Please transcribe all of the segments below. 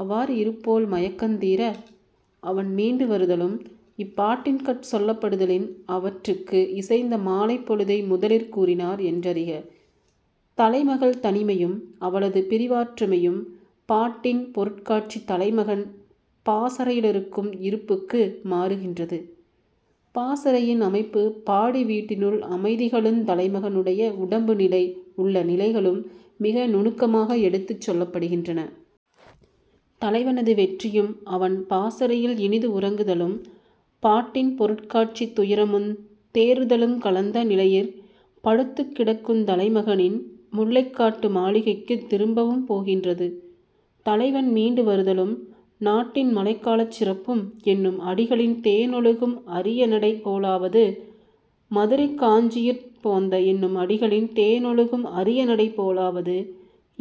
அவ்வாறு இருப்போள் மயக்கந்தீர அவன் மீண்டு வருதலும் இப்பாட்டின்கட் சொல்லப்படுதலின், அவற்றிற்கு இசைந்த மாலைப்பொழுதை முதலிற் கூறினார் என்றறிக. தலைமகள் தனிமையும் அவளது பிரிவாற்றாமையும் பாட்டின் பொருட்காட்சி தலைமகன் பாசறையிலிருக்கும் இருப்புக்கு மாறுகின்றது; பாசறையின் அமைப்பு பாடிவீட்டினுள் அமைதிகளுந், தலைமகனுடைய உடம்புநிலை உள்ள நிலைகளும் மிக நுணுக்கமாக எடுத்துச் சொல்லப்படுகின்றன. தலைவனது வெற்றியும், அவன் பாசறையில் இனிது உறங்குதலும் பாட்டின் பொருட்காட்சி துயரமுந் தேறுதலுங் கலந்த நிலையிற் படுத்துக் கிடக்குந் தலைமகளின் முல்லைக்காட்டு மாளிகைக்குத் திரும்பவும் போகின்றது. தலைவன் மீண்டு வருதலும், நாட்டின் மழைக்காலச் சிறப்பும் என்னும் அடிகளின் தேனொழுகும் அரியநடை போலாவது, மதுரைக்காஞ்சியிற் போந்த, என்னும் அடிகளின் தேனொழுகும் அரியநடை போலாவது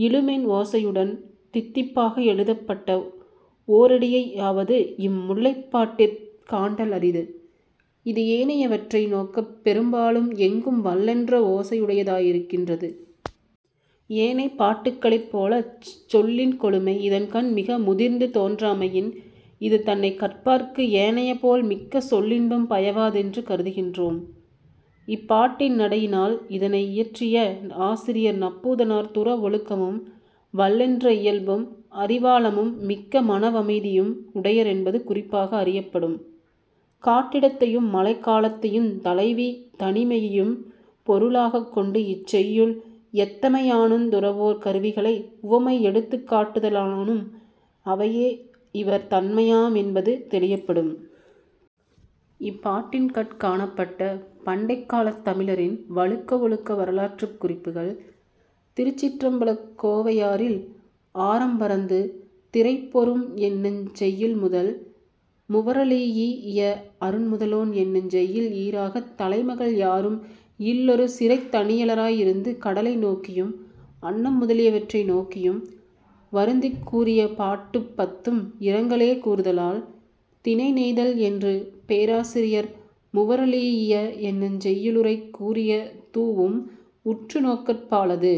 இழுமென் ஓசையுடன் தித்திப்பாக எழுதப்பட்ட ஓரடியையாவது இம் முல்லைப்பாட்டிற் காண்டல் அரிது; இ·து ஏனையவற்றை நோக்கப் பெரும்பாலும் எங்கும் வல்லென்ற ஓசையுடையதாயிருக்கின்றது. ஏனைப்பாட்டுக்களிற் போலச் சொல்லின் கொழுமை இதன்கண் மிக முதிர்ந்து தோன்றாமையின், இது தன்னைக் கற்பார்க்கு ஏனையபோல் மிக்க சொல்லின்பம் பயவாதென்று கருதுகின்றோம். இப்பாட்டின் நடையினால் இதனை யியற்றிய ஆசிரியர் நப்பூதனார் துறவொழுக்கமும், வல்லென்ற இயல்பும், அறிவாழமும், மிக்க மனவமைதியும் உடையரென்பது குறிப்பாக அறியப்படும்; காட்டிடத்தையும், மழைகாலத்தையுந், தலைவி தனிமையையும் பொருளாகக் கொண்டு இச்செய்யுள் யத்தமையானுந், துறவோர் கருவிகளை உவமை எடுத்துக்காட்டுதலானும் அவையே இவர் தன்மையாமென்பது தெளியப்படும். இப்பாட்டின்கட் காணப்பட்ட பண்டைக்காலத் தமிழரின் வழக்கவொழுக்க வரலாற்றுக் குறிப்புகள் திருச்சிற்றம்பலக் கோவையாரில், "ஆரம்பரந்து திரைபொரும்" என்னுஞ் செய்யுள்முதல் "முவறழீஇய அருண்முதலோன்" என்னுஞ் செய்யுள் ஈறாகத் தலைமகள் யாரும் இல் ஒரு சிறைத் தனியளாயிருந்து கடலை நோக்கியும் அன்னம் முதலியவற்றை நோக்கியும் வருந்திக் கூறிய பாட்டுப் பத்தும் இரங்கலே கூறுதலால் 'திணைநெய்தல்' என்று பேராசிரியர் "முவறழீஇய" என்னுஞ் செய்யுளுரையிற் கூறியதூஉம் உற்று நோக்கற்பாலது.